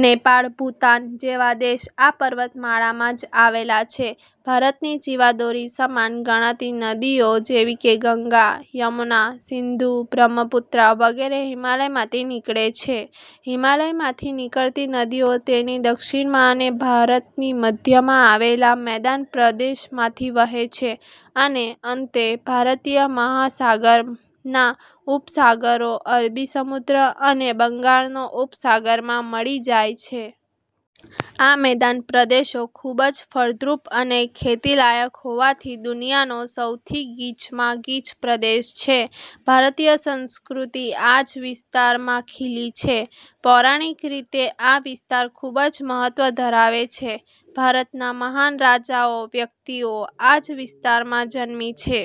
નેપાલ, ભૂતાન જેવા દેશ આ પર્વતમાળામાં જ આવેલા છે. ભારતની જીવાદોરી સમાન ગણાતી નદીઓ જેવી કે ગંગા, યમુના, સિંધુ, બ્રહ્મપુત્રા વગેરે હિમાલયમાંથી નીકળે છે. હિમાલયમાંથી નીકળતી નદીઓ તેની દક્ષિણમાં અને ભારતની મધ્યમાં આવેલા મેદાન પ્રદેશમાંથી વહે છે અને અંતે ભારતીય મહાસાગરના ઉપસાગરો – અરબી સમુદ્ર અને બંગાળનો ઉપસાગર – માં મળી જાય છે. આ મેદાન પ્રદેશો ખૂબજ ફળદ્રુપ અને ખેતીલાયક હોવાથી દુનિયાનો સૌથી ગીચમાં ગીચ પ્રદેશ છે. ભારતીય સંસ્કૃતિ આ જ વિસ્તારમાં ખીલી છે. પૌરાણિક રીતે આ વિસ્તાર ખૂબ જ મહત્વ ધરાવે છે. ભારતના મહાન રાજાઓ, વ્યક્તિઓ આ જ વિસ્તારમાં જન્મી છે.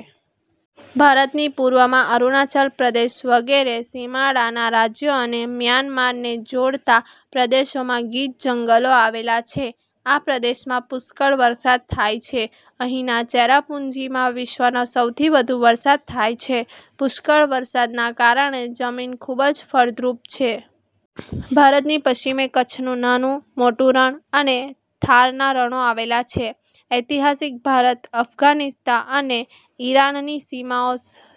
ભારતની પૂર્વમાં અરૂણાચલ પ્રદેશ વગેરે સીમાડાના રાજ્યો અને મ્યાનમાર ને જોડતા પ્રદેશોમાં ગીચ જંગલો આવેલા છે. આ પ્રદેશમાં પુષ્કળ વરસાદ થાય છે. અહીંના ચેરાપુંજીમાં વિશ્વનો સૌથી વધુ વરસાદ થાય છે. પુષ્કળ વરસાદના કારણે જમીન ખૂબ જ ફળદ્રુપ છે. ભારતની પશ્ચિમે કચ્છનું નાનું, મોટું રણ અને થારના રણો આવેલા છે. ઐતિહાસિક ભારત અફઘાનિસ્તાન અને ઇરાનની સીમાઓ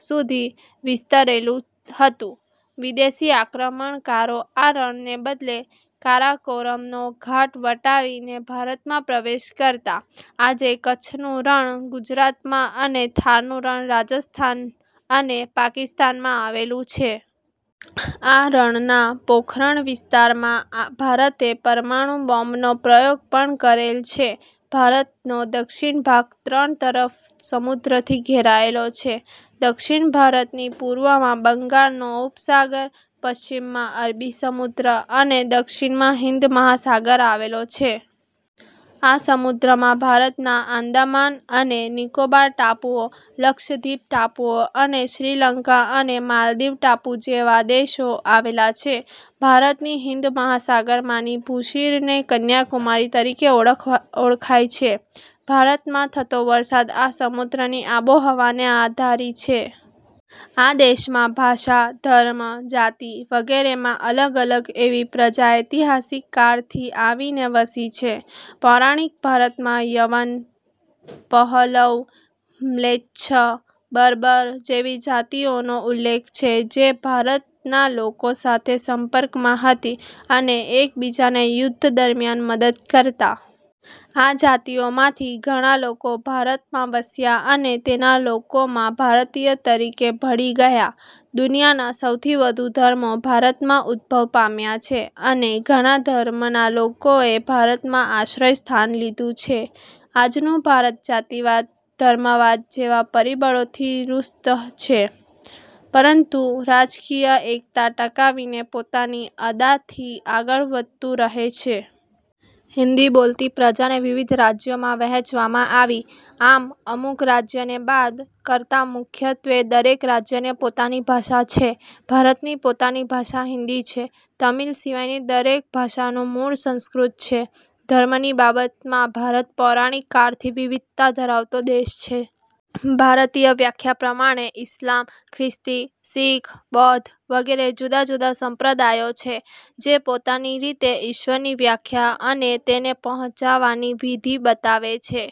સુધી વિસ્તરેલું હતું. વિદેશી આક્રમણકારો આ રણને બદલે કારાકોરમનો ઘાટ વટાવીને ભારતમાં પ્રવેશ કરતા. આજે કચ્છનું રણ ગુજરાત માં અને થારનું રણ રાજસ્થાન અને પાકિસ્તાનમાં આવેલું છે. આ રણના પોખરણ વિસ્તારમાં ભારતે પરમાણુ બોમ્બનો પ્રયોગ પણ કરેલ છે. ભારતનો દક્ષિણ ભાગ ત્રણ તરફ સમુદ્રથી ઘેરાયેલો છે. દક્ષિણ ભારતની પૂર્વમાં બંગાળનો ઉપસાગર, પશ્ચિમમાં અરબી સમુદ્ર અને દક્ષિણમાં હિંદ મહાસાગર આવેલો છે. આ સમુદ્રમાં ભારતના આંદામાન અને નિકોબાર ટાપુઓ, લક્ષદ્વિપ ટાપુઓ અને શ્રીલંકા અને માલદીવ ટાપુ જેવા દેશો આવેલા છે. ભારતની હિંદ મહાસાગરમાંની ભૂશિરને કન્યાકુમારી તરીકે ઓળખાય છે. ભારતમાં થતો વરસાદ આ સમુદ્રની આબોહવાને આધારી છે. આ દેશમાં ભાષા, ધર્મ, જાતિ વગેરેમાં અલગ અલગ એવી પ્રજા ઐતિહાસિક કાળથી આવીને વસી છે. પૌરાણીક ભારતમાં યવન, પહલવ, મ્લેચ્છ, બર્બર જેવી જાતિઓનો ઉલ્લેખ છે જે ભારતના લોકો સાથે સંપર્કમાં હતી અને એકબીજાને યુદ્ધ દરમિયાન મદદ કરતા. આ જાતિઓમાંથી ઘણા લોકો ભારતમાં વસ્યા અને તેના લોકોમાં ભારતીય તરીકે ભળી ગયા. દુનિયાના સૌથી વધુ ધર્મો ભારતમાં ઉદ્ભવ પામ્યા છે અને ઘણા ધર્મના લોકોએ ભારતમાં આશ્રયસ્થાન લીધું છે. આજનું ભારત જાતિવાદ, ધર્મવાદ જેવા પરિબળોથી ત્રસ્ત છે પરંતુ રાજકીય એક્તા ટકાવીને પોતાની અદાથી આગળ વધતુ રહે છે. હિન્દી બોલતી પ્રજાને વિવિધ રાજ્યોમાં વહેંચવામાં આવી. આમ, અમુક રાજ્યને બાદ કરતા મુખ્યત્વે દરેક રાજ્યને પોતાની ભાષા છે. ભારતની પોતાની ભાષા હિન્દી છે. તમિલ સિવાયની દરેક ભાષાનું મૂળ સંસ્કૃત છે. ધર્મની બાબતમાં ભારત પૌરાણીક કાળથી વિવિધતા ધરાવતો દેશ છે. ભારતીય વ્યાખ્યા પ્રમાણે ઇસ્લામ, ખ્રિસ્તી, શીખ, બૌદ્ધ વગેરે જુદા-જુદા સંપ્રદાયો છે જે પોતાની રીતે ઇશ્વરની વ્યાખ્યા અને તેને પહોંચવાની વિધી બતાવે છે.